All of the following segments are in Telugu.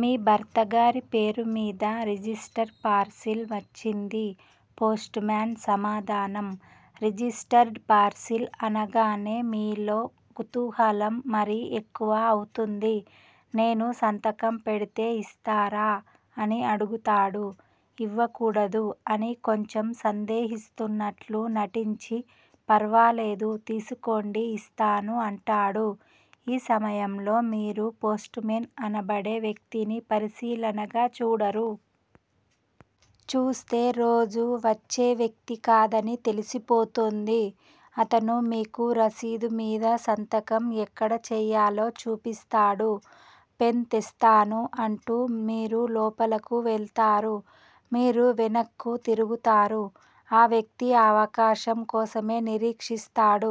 మీ భర్తగారి పేరు మీద రిజిస్టర్ పార్సిల్ వచ్చింది. పోస్టుమాన్ సమాధానం. రిజిస్టర్డ్ పార్సిల్ అనగానే మీలో కుతూహలం మరీ ఎక్కువ అవుతుంది. నేను సంతకం పెడితే ఇస్తారా? అని అడుగుతాడు. ఇవ్వకూడదు. అని కొంచెం సందేహిస్తున్నట్లు నటించి ఫర్వాలేదు తీసుకోండి ఇస్తాను అంటాడు. ఈ సమయంలో మీరు పోస్ట్ మెన్ అనబడే వ్యక్తిని పరిశీలనగా చూడరు. చూస్తే రోజూ వచ్చే వ్యక్తికాదని తెలిసిపోతుంది. అతను మీకు రసీదు మీద సంతకం ఎక్కడ చెయ్యాలో చూపిస్తాడు. పెన్ తెస్తాను అంటూ మీరు లోపలకు వెళ్తారు. మీరు వెనక్కు తిరుగుతారు. ఆ వ్యక్తి ఆ అవకాశం కోసమే నిరీక్షిస్తాడు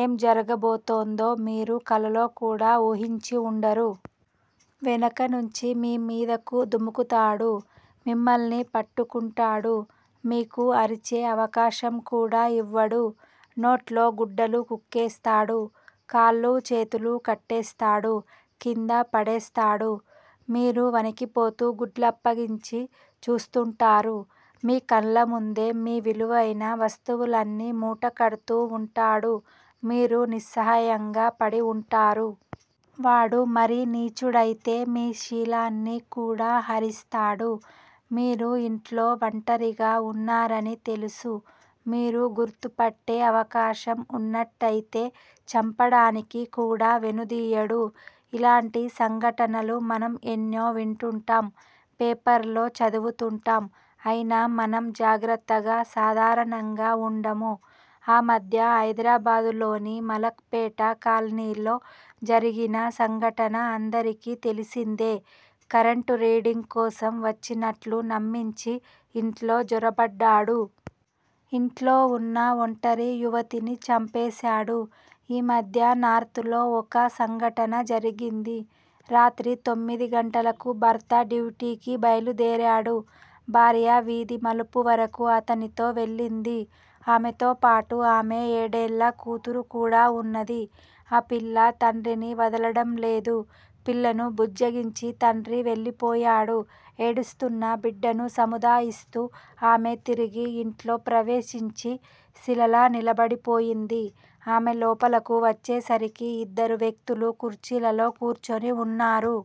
ఏం జరుగబోతోందో మీరు కలలో కూడా వూహించి ఉండరు. వెనక నుంచి మీ మీదకు దుముకుతాడు మిమ్మల్ని పట్టుకుంటాడు. మీకు అరిచే అవకాశం కూడా ఇవ్వడు. నోట్లో గుడ్డలు కుక్కేస్తాడు కాళ్ళూ చేతులూ కట్టేస్తాడు కింద పడేస్తాడు మీరు వణికిపోతూ, గుడ్లప్పగించి చూస్తుంటారు. మీ కళ్ళముందే మీ విలువైన వస్తువులన్నీ మూట కడ్తూ ఉంటాడు. మీరు నిస్సహాయంగా పడి ఉంటారు. వాడు మరీ నీచుడైతే మీ శీలాన్ని కూడా హరిస్తాడు మీరు ఇంట్లో వంటరిగా ఉన్నారని తెలుసు మీరు గుర్తుపట్టే అవకాశం ఉన్నట్టయితే చంపడానికి కూడా వెనుదీయడు. ఇలాంటి సంఘటనలు మనం ఎన్నో వింటుంటాం. పేపర్ లో చదువుతుంటాం అయినా మనం జాగ్రత్తగా సాధారణంగా ఉండము. ఆ మధ్య హైదరాబాద్ లోని మలక్ పేట కాలనీలో జరిగిన సంఘటన అందరికీ తెలిసిందే కరెంటు రీడింగ్ కోసం వచ్చినట్లు నమ్మించి ఇంట్లో జొరబడ్డాడు. ఇంట్లో ఉన్న ఒంటరి యువతిని చంపేశాడు. ఈ మధ్య నార్తులో ఒక సంఘటన జరిగింది. రాత్రి తొమ్మిది గంటలకు భర్త డ్యూటీకి బయలుదేరాడు. భార్య వీధి మలుపు వరకూ అతనితో వెళ్ళింది ఆమెతోపాటు ఆమె ఏడేళ్ల కూతురు కూడా ఉన్నది ఆ పిల్ల తండ్రిని వదలడంలేదు పిల్లను బుజ్జగించి తండ్రి వెళ్ళిపోయాడు ఏడుస్తున్న బిడ్డను సముదాయిస్తూ ఆమె తిరిగి ఇంట్లో ప్రవేశించి శిలలా నిలబడిపోయింది ఆమె లోపలకు వచ్చేసరికి ఇద్దరు వ్యక్తులు కుర్చీలలో కూర్చుని ఉన్నారు.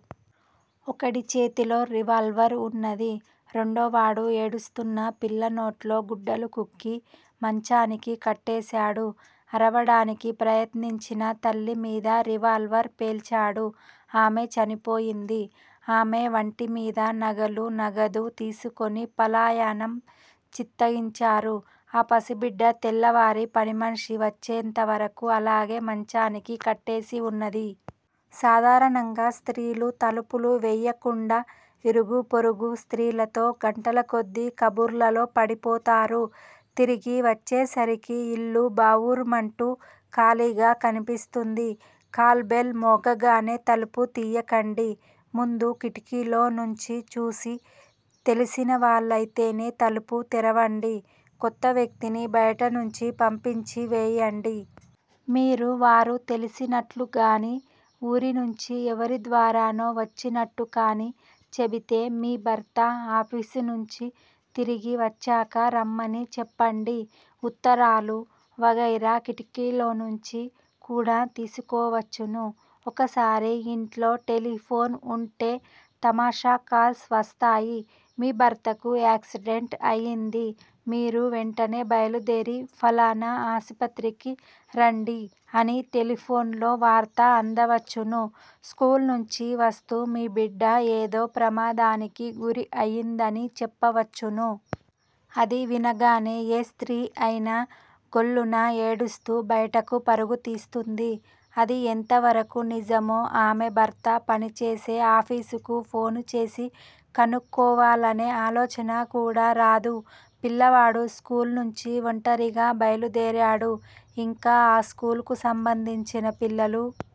ఒకడి చేతిలో రివాల్వర్ ఉన్నది. రెండోవాడు ఏడుస్తున్న పిల్లనోట్లో గుడ్డలు కుక్కి మంచానికి కట్టేశాడు. అరవడానికి ప్రయత్నించిన తల్లి మీద రివాల్వర్ పేల్చాడు ఆమె చనిపోయింది ఆమె వంటి మీద నగలూ, నగదు తీసుకొని పలాయనం చిత్తగించారు. ఆ పసిబిడ్డ తెల్లవారి పనిమనిషి వచ్చేంత వరకూ అలాగే మంచానికి కట్టేసి ఉన్నది. సాధారణంగా స్త్రీలు తలుపులు వెయ్యకుండా ఇరుగుపొరుగు స్త్రీలతో గంటలకొద్దీ కబుర్లలో పడిపోతారు. తిరిగి వచ్చేసరికి ఇల్లు బావురుమంటూ ఖాళీగా కనిపిస్తుంది. కాల్ బెల్ మోగగానే తలుపు తియ్యకండి. ముందు కిటికీలో నుంచి చూసి తెలిసిన వాళ్ళయితేనే తలుపు తెరవండి. కొత్త వ్యక్తిని బయటనుంచి పంపించి వెయ్యండి. మీరు వారు తెలిసినట్లుగానీ, వూరి నుంచి ఎవరి ద్వారానో వచ్చినట్టు కాని చెబితే మీ భర్త ఆఫీసు నుంచి తిరిగి వచ్చాక రమ్మని చెప్పండి. ఉత్తరాలూ వగైరా కిటికీలో నుంచి కూడా తీసుకోవచ్చును. ఒకసారి ఇంట్లో టెలిఫోన్ ఉంటే తమాషా కాల్స్ వస్తాయి. మీ భర్తకు యాక్సిడెంట్ అయింది మీరు వెంటనే బయలుదేరి ఫలానా ఆసుపత్రికి రండి అని టెలిఫోన్ లో వార్త అందవచ్చును స్కూలు నుంచి వస్తూ మీ బిడ్డ ఏదో ప్రమాదానికి గురి అయిందని చెప్పవచ్చును. అది వినగానే ఏ స్త్రీ అయినా ఘొల్లున ఏడుస్తూ బయటకు పరుగు తీస్తుంది. అది ఎంతవరకు నిజమో ఆమె భర్త పనిచేసే ఆఫీసుకు ఫోన్ చేసి కనుక్కోవాలనే ఆలోచన కూడా రాదు. పిల్లవాడు స్కూలు నుంచి ఒంటరిగా బయలుదేరాడు. ఇంకా ఆ స్కూలుకు సంబంధించిన పిల్లలు